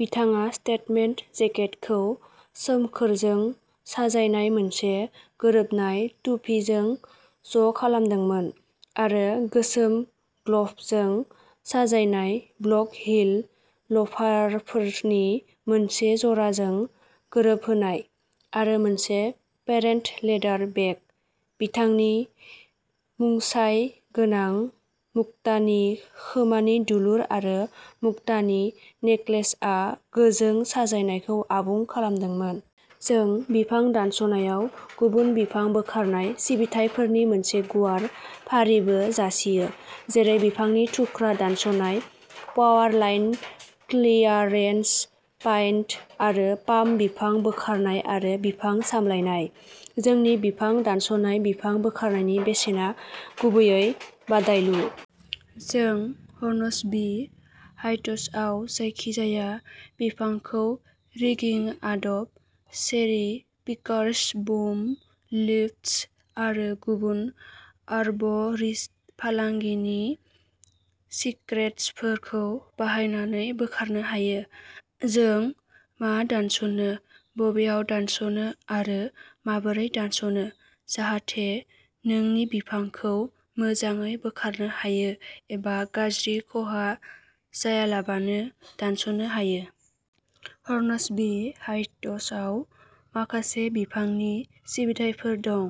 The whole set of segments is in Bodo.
बिथाङा स्टेटमेन्ट जेकेटखौ सोमखोरजों साजायनाय मोनसे गोरोबनाय टुपिजों ज'खालामदोंमोन, आरो गोसोम ग्ल'भजों साजायनाय, ब्लक-हिल ल'फारफोरनि मोनसे जराजों गोरोबहोनाय, आरो मोनसे पेटेन्ट लेदार बेग। बिथांनि मुंसाय गोनां मुक्तानि खोमानि दुलुर आरो मुक्तानि नेकलेसआ गोजों साजायनायखौ आबुं खालामदोंमोन। जों बिफां दानस'नायाव गुबुन बिफां बोखारनाय सिबिथाइफोरनि मोनसे गुवार फारिबो जासियो जेरै बिफांनि थुख्रा दानस'नाय, पावारलाइन क्लियारेन्स पाइन आरो पाम बिफां बोखारनाय आरो बिफां सामलायनाय। जोंनि बिफां दानस'नाय बिफां बोखारनायनि बेसेना गुबैयै बादायलु। जों हर्नस्बी हाइट्सआव जायखिजाया बिफांखौ रिगिं आदब, चेरि पिकार्स, बुम लिफ्ट्स आरो गुबुन आर्ब'रिस्ट फालांगिनि सिक्रेटफोरखौ बाहायनानै बोखारनो हायो। जों मा दानस'नो, बबेयाव दानस'नो, आरो माबोरै दानस'नो, जाहाथे नोंनि बिफांखौ मोजाङै बोखारनो हायो, एबा गाज्रि खहा जायालाबानो दानस'नो हायो। हर्नस्बी हाइट्सआव माखासे बिफांनि सिबिथाइफोर दं,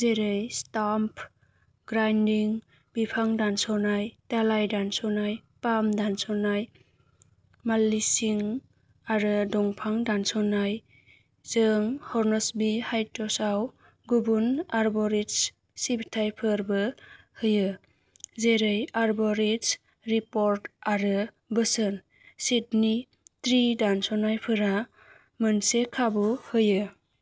जेरै स्टाम्प ग्राइन्डिं, बिफां दानस'नाय, दालाइ दानस'नाय, पाम दानस'नाय, माल्चिं आरो दंफां दानस'नाय। जों हर्नस्बी हाइट्सआव गुबुन आर्ब'रिस्ट सिबिथाइफोरबो होयो, जेरै आर्ब'रिस्ट रिपर्ट आरो बोसोन। सिडनी ट्री दानस'नायफोरा मोनसे खाबु होयो।